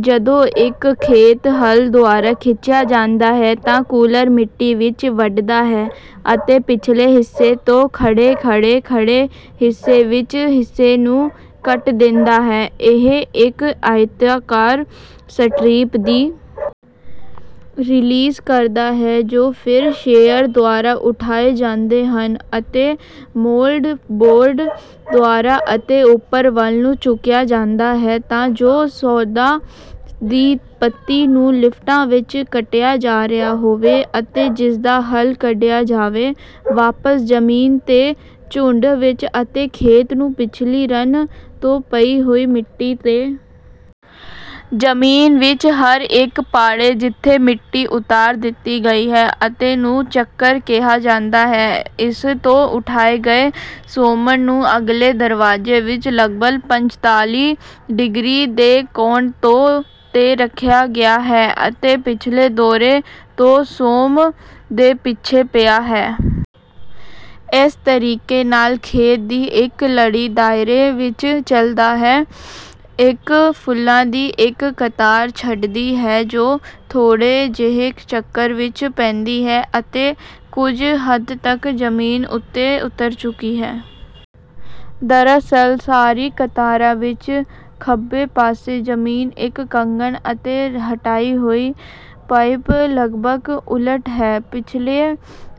ਜਦੋਂ ਇੱਕ ਖੇਤ ਹਲ ਦੁਆਰਾ ਖਿੱਚਿਆ ਜਾਂਦਾ ਹੈ ਤਾਂ ਕੂਲਰ ਮਿੱਟੀ ਵਿੱਚ ਵੱਢਦਾ ਹੈ ਅਤੇ ਪਿਛਲੇ ਹਿੱਸੇ ਤੋਂ ਖੜ੍ਹੇ ਖੜ੍ਹੇ ਖੜ੍ਹੇ ਹਿੱਸੇ ਵਿੱਚ ਹਿੱਸੇ ਨੂੰ ਕੱਟ ਦਿੰਦਾ ਹੈ। ਇਹ ਇੱਕ ਆਇਤਾਕਾਰ ਸਟਰਿੱਪ ਦੀ ਰਿਲੀਜ਼ ਕਰਦਾ ਹੈ ਜੋ ਫਿਰ ਸ਼ੇਅਰ ਦੁਆਰਾ ਉਠਾਏ ਜਾਂਦੇ ਹਨ ਅਤੇ ਮੋਲਡਬੋਰਡ ਦੁਆਰਾ ਅਤੇ ਉੱਪਰ ਵੱਲ ਨੂੰ ਚੁੱਕਿਆ ਜਾਂਦਾ ਹੈ ਤਾਂ ਜੋ ਸੋਢਾ ਦੀ ਪੱਤੀ ਨੂੰ ਲਿਫਟਾਂ ਵਿੱਚ ਕੱਟਿਆ ਜਾ ਰਿਹਾ ਹੋਵੇ ਅਤੇ ਜਿਸਦਾ ਹਲ ਕੱਢਿਆ ਜਾਵੇ ਵਾਪਸ ਜ਼ਮੀਨ ਤੇ ਝੁੰਡ ਵਿੱਚ ਅਤੇ ਖੇਤ ਨੂੰ ਪਿਛਲੀ ਰਨ ਤੋਂ ਪਈ ਹੋਈ ਮਿੱਟੀ ਤੇ। ਜ਼ਮੀਨ ਵਿੱਚ ਹਰ ਇੱਕ ਪਾੜੇ ਜਿੱਥੇ ਮਿੱਟੀ ਉਤਾਰ ਦਿੱਤੀ ਗਈ ਹੈ ਅਤੇ ਨੂੰ ਚੱਕਰ ਕਿਹਾ ਜਾਂਦਾ ਹੈ। ਇਸ ਤੋਂ ਉਠਾਏ ਗਏ ਸੋਮੜ ਨੂੰ ਅਗਲੇ ਦਰਵਾਜ਼ੇ ਵਿੱਚ ਲਗਭਗ ਪੰਜਤਾਲੀ ਡਿਗਰੀ ਦੇ ਕੋਣ ਤੇ ਰੱਖਿਆ ਗਿਆ ਹੈ ਅਤੇ ਪਿਛਲੇ ਦੌਰੇ ਤੋਂ ਸੋਮ ਦੇ ਪਿੱਛੇ ਪਿਆ ਹੈ। ਇਸ ਤਰੀਕੇ ਨਾਲ ਖੇਤ ਦੀ ਇੱਕ ਲੜੀ ਦਾਇਰੇ ਵਿੱਚ ਚਲਦਾ ਹੈ ਇੱਕ ਫੁੱਲਾਂ ਦੀ ਇੱਕ ਕਤਾਰ ਛੱਡਦੀ ਹੈ ਜੋ ਥੋੜ੍ਹੇ ਜਿਹੇ ਚੱਕਰ ਵਿੱਚ ਪੈਂਦੀ ਹੈ ਅਤੇ ਕੁਝ ਹੱਦ ਤੱਕ ਜ਼ਮੀਨ ਉੱਤੇ ਉਤਰ ਚੁੱਕੀ ਹੈ। ਦਰਅਸਲ ਸਾਰੀ ਕਤਾਰਾਂ ਵਿੱਚ ਖੱਬੇ ਪਾਸੇ ਜ਼ਮੀਨ ਇੱਕ ਕੰਗਣ ਅਤੇ ਹਟਾਈ ਹੋਈ ਪਈਪ ਲਗਭਗ ਉਲਟ ਹੈ ਪਿਛਲੀ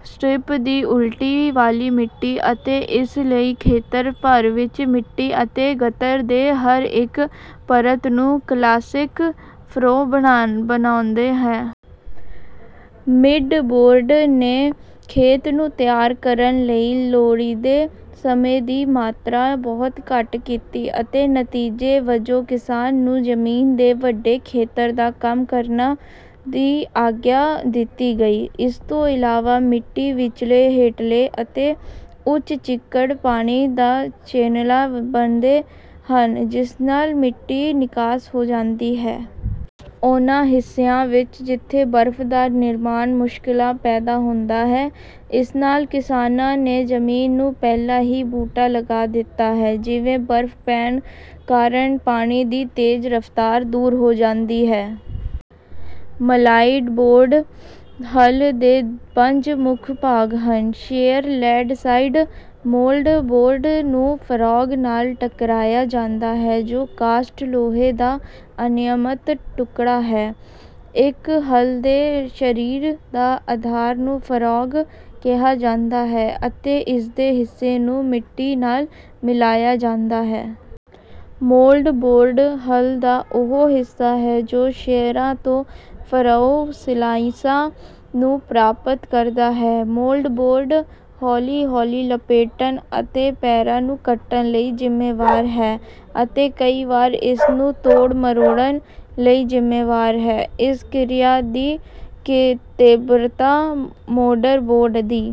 ਸਟਰਿਪ ਦੀ ਉਲਟੀ ਵਾਲੀ ਮਿੱਟੀ ਅਤੇ ਇਸ ਲਈ ਖੇਤਰ ਭਰ ਵਿੱਚ। ਮਿੱਟੀ ਅਤੇ ਗਤਰ ਦੇ ਹਰ ਇੱਕ ਪਰਤ ਨੂੰ ਕਲਾਸਿਕ ਫਰੂ ਬਣਾਉਦਾ ਹੈ। ਮਿੱਡ ਬੋਰਡ ਨੇ ਖੇਤ ਨੂੰ ਤਿਆਰ ਕਰਨ ਲਈ ਲੋੜੀਂਦੇ ਸਮੇਂ ਦੀ ਮਾਤਰਾ ਬਹੁਤ ਘੱਟ ਕੀਤੀ ਅਤੇ ਨਤੀਜੇ ਵਜੋਂ ਕਿਸਾਨ ਨੂੰ ਜ਼ਮੀਨ ਦੇ ਵੱਡੇ ਖੇਤਰ ਦਾ ਕੰਮ ਕਰਨ ਦੀ ਆਗਿਆ ਦਿੱਤੀ ਗਈ। ਇਸ ਤੋਂ ਇਲਾਵਾ ਮਿੱਟੀ ਵਿੱਚਲੇ ਹੇਠਲੇ ਅਤੇ ਉੱਚ ਚਿੱਕੜ ਪਾਣੀ ਦਾ ਚੈਨਲਾਂ ਬਣਦੇ ਹਨ ਜਿਸ ਨਾਲ ਮਿੱਟੀ ਨਿਕਾਸ ਹੋ ਜਾਂਦੀ ਹੈ। ਉਨ੍ਹਾਂ ਹਿੱਸਿਆਂ ਵਿੱਚ ਜਿੱਥੇ ਬਰਫ ਦਾ ਨਿਰਮਾਣ ਮੁਸ਼ਕਲਾਂ ਪੈਦਾ ਹੁੰਦਾ ਹੈ ਇਸ ਨਾਲ ਕਿਸਾਨਾਂ ਨੇ ਜ਼ਮੀਨ ਨੂੰ ਪਹਿਲਾਂ ਹੀ ਬੂਟਾ ਲਗਾ ਦਿੱਤਾ ਹੈ ਜਿਵੇਂ ਬਰਫ ਪੈਣ ਕਾਰਨ ਪਾਣੀ ਦੀ ਤੇਜ਼ ਰਫਤਾਰ ਦੂਰ ਹੋ ਜਾਂਦੀ ਹੈ। ਮਲਾਈਡਬੋਰਡ ਹਲ ਦੇ ਪੰਜ ਮੁੱਖ ਭਾਗ ਹਨ ਸ਼ੇਅਰ ਲੈਂਡਸਾਈਡ ਮੋਲਡ ਬੋਰਡ ਨੂੰ ਫਰੌਗ ਨਾਲ ਟਕਰਾਇਆ ਜਾਂਦਾ ਹੈ ਜੋ ਕਾਸਟ ਲੋਹੇ ਦਾ ਅਨਿਯਮਤ ਟੁਕੜਾ ਹੈ। ਇੱਕ ਹਲ ਦੇ ਸ਼ਰੀਰ ਦਾ ਅਧਾਰ ਨੂੰ ਫਰੌਗ ਕਿਹਾ ਜਾਂਦਾ ਹੈ ਅਤੇ ਇਸਦੇ ਹਿੱਸੇ ਨੂੰ ਮਿੱਟੀ ਨਾਲ ਮਿਲਾਇਆ ਜਾਂਦਾ ਹੈ। ਮੋਲਡਬੋਰਡ ਹਲ ਦਾ ਉਹ ਹਿੱਸਾ ਹੈ ਜੋ ਸ਼ੇਅਰਾਂ ਤੋਂ ਫਰਓ ਸਲਾਇਸਾਂ ਨੂੰ ਪ੍ਰਾਪਤ ਕਰਦਾ ਹੈ। ਮੋਲਡਬੋਰਡ ਹੌਲੀ ਹੌਲੀ ਲਪੇਟਣ ਅਤੇ ਪੈਰਾਂ ਨੂੰ ਕੱਟਣ ਲਈ ਜ਼ਿੰਮੇਵਾਰ ਹੈ ਅਤੇ ਕਈ ਵਾਰ ਇਸ ਨੂੰ ਤੋੜ ਮਰੋੜਨ ਲਈ ਜ਼ਿੰਮੇਵਾਰ ਹੈ। ਇਸ ਕਿਰਿਆ ਦੀ ਤੀਬਰਤਾ ਮੋਲਡਬੋਰਡ ਦੀ